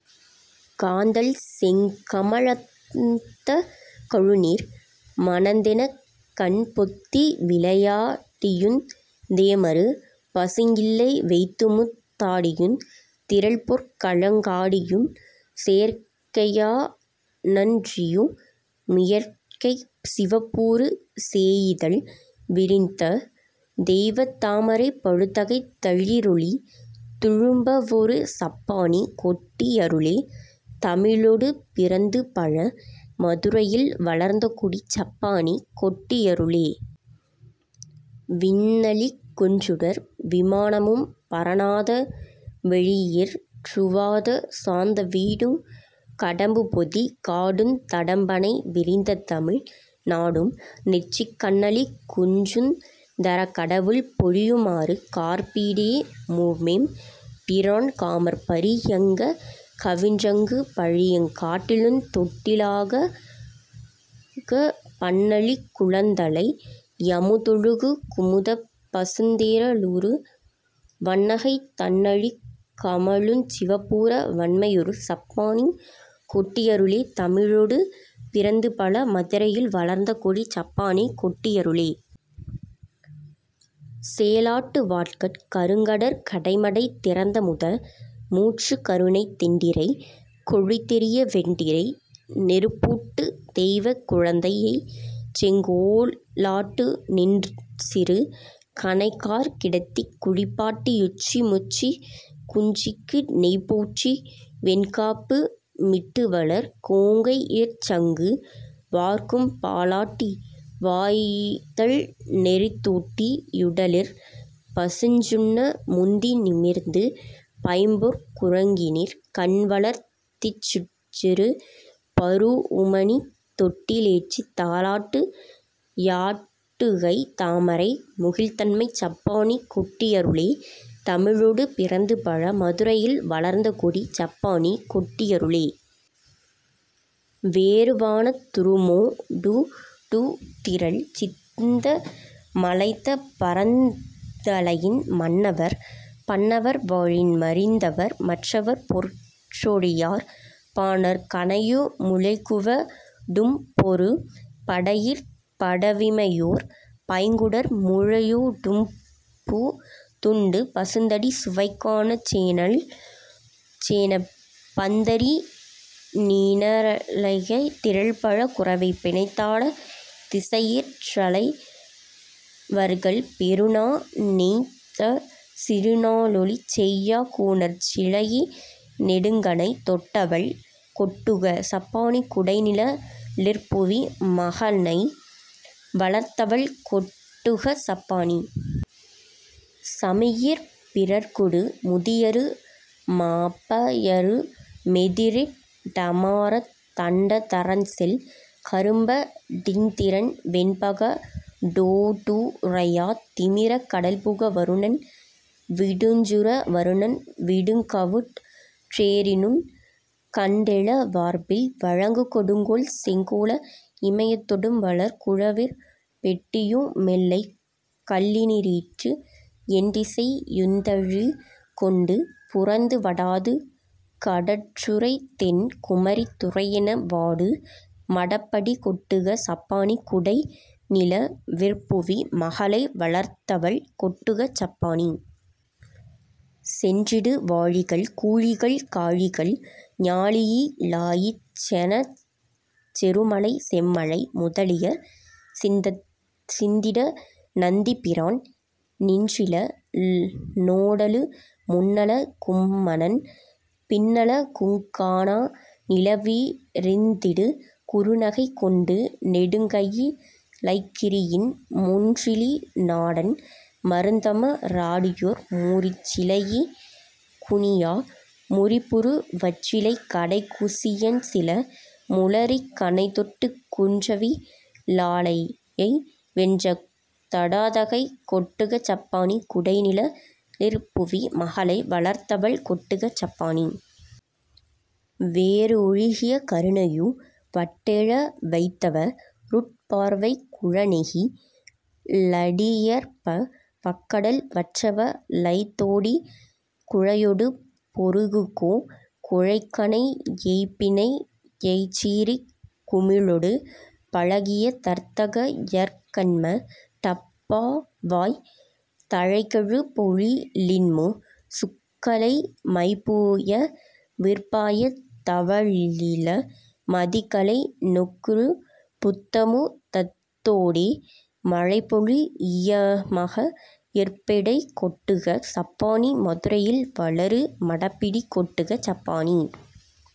காந்தள்செங் கமலத்த கழுநீர் மணந்தெனக் கண்பொத்தி விளையா டியுந் தேமரு பசுங்கிள்ளை வைத்துமுத் தாடியுந் திரள்பொற் கழங் காடியுஞ் செயற்கையா னன்றியு மியற்கைச் சிவப்பூறு சேயிதழ் விரிந்த தெய்வத் தாமரை பழுத்தகைத் தளிரொளி துளும்பவொரு சப்பாணி கொட்டி யருளே தமிழொடு பிறந்துபழ மதுரையில் வளர்ந்தகொடி சப்பாணி கொட்டியருளே. விண்ணளிக் குஞ்சுடர் விமானமும் பரநாத வெளியிற் றுவாத சாந்த வீடுங் கடம்புபொதி காடுந் தடம்பணை விரிந்த தமிழ் நாடும் நெற்றிக் கண்ணளிக் குஞ்சுந் தரக்கடவுள் பொலியுமாறு காற்பீட முமெம் பிரான் காமர்பரி யங்கக் கவின்றங்கு பள்ளியங் கட்டிலுந் தொட்டிலாகப் பண்ணளிக் குங்குதலை யமுதொழுகு குமுதப் பசுந்தேற லூற லாடும் பைங்குழவி பெருவிரல் சுவைத்து நீ பருகிடப் பைந்தேறலூறு வண்கைத் தண்ணளிக் கமலஞ் சிவப்பூற வம்மையொரு சப்பாணி கொட்டி யருளே தமிழொடு பிறந்துபழ மதுரையில் வளர்ந்தகொடி சப்பாணி கொட்டி யருளே. சேலாட்டு வாட்கட் கருங்கடற் கடைமடை திறந்தமுத மூற்று கருணைத் தெண்டிரை கொழித்தெறிய வெண்டிரை நெருப்பூட்டு தெய்வக் குழந்தை யைச்செங் கோலாட்டு நின்சிறு கணைக்காற் கிடத்திக் குளிப்பாட்டி யுச்சி முச்சிக் குஞ்சிக்கு நெய்போற்றி வெண்காப்பு மிட்டுவளர் கொங்கையிற் சங்கு வார்க்கும் பாலாட்டி வாயிதழ் நெரித்தூட்டி யுடலிற் பசுஞ்சுண்ண முந்தி மிர்ந்து பைம்பொற் குறங்கினிற் கண்வளர்த் திச்சிறு பரூஉமணித் தொட்டிலேற்றித் தாலாட்டி யாட்டுகைத் தாமரை முகிழ்த்தம்மை சப்பாணி கொட்டி யருளே தமிழொடு பிறந்துபழ மதுரையில் வளர்ந்தகொடி சப்பாணி கொட்டியருளே. வேறு வானத் துருமொ டுடுத்திரள் சிந்த மலைந்த பறந்தலையின் மண்ணவர் பண்ணவர் வாளின் மறிந்தவர் மற்றவர் பொற்றொடியார் பானற் கணையு முலைக்குவ டும்பொரு படையிற் படவிமையோர் பைங்குடர் மூளையொ டும்புதி துண்டு பசுந்தடி சுவைகாணாச் சேனப் பந்தரி னலைகைத் திரள்பல குரவை பிணைத்தாடத் திசையிற் றலைவர்கள் பெருநா ணெய்தச் சிறுநா ணொலிசெய்யாக் கூனற் சிலையி னெடுங்கணை தொட்டவள் கொட்டுக சப்பாணி குடைநிழ லிற்புவி மகளை வளர்த்தவள் கொட்டுக சப்பாணி. சமரிற் பிறகிடு முதியரு மபயரு மெதிரிட் டமராடத் தண்டதரன்செல் கரும்ப டிந்திரன் வெண்பக டோ டுடையாத் திமிரக் கடல்புக வருணன் விடுஞ்சுற வருணன் விடுங்கடவுட் டேரினுகண்டெழ வார்வில் வழங்கு கொடுங்கோல் செங்கோலா இமயத்தொடும்வளர் குலவெற் பெட்டையு மெல்லைக் கல்லினிறீஇ எண்டிசை யுந்தனி கொண்டு புரந்து வடாது கடற்றுறை தென் குமரித் துறையென வாடு மடப்படி கொட்டுக சப்பாணி குடைநிழ விற்புவி மகளை வளர்த்தவள் கொட்டுக சப்பாணி. சென்றிடு வாளிகள் கூளிகள் காளிகள் ஞாளியி லாளியெனச் செருமலை செம்மலை முதலியர் சிந்தச் சிந்திட நந்திபிரான் நின்றில னோடலு முன்னழ கும்மவன் பின்னழ குங்காணா நிலவுவி ரிந்திடு குறுநகை கொண்டு நெடுங்கயி லைக்கிரியின் முன்றிலி னாடன் மறந்தம ராடியொர் மூரிச் சிலைகுனியா முரிபுரு வச்சிலை கடைகுனியச்சில முளரிக் கணைதொட்டுக் குன்றவி லாளியை வென்ற தடாதகை கொட்டுக சப்பாணி குடைநிழ லிற்புவி மகளை வளர்த்தவள் கொட்டுக சப்பாணி. வேறு ஒழுகிய கருணையு வட்டெழ வைத்தவ ருட்பார்வைக் குளநெகி ழடியர்ப வக்கடல் வற்றவ லைத்தோடிக் குழையொடு பொருதுகொ லைக்கணை யைப்பிணை யைச்சீறிக் குமிழொடு பழகிம தர்த்தக யற்கண்ம டப்பாவாய் தழைகெழு பொழிலின்மு சுக்கலை மைப்புய விற்பாயத் தவழிள மதிகலை நெக்குகு புத்தமு தத்தோடே மழைபொழி யிமயம யிற்பெடை கொட்டுக சப்பாணி மதுரையில் வளரு மடப்பிடி கொட்டுக சப்பாணி.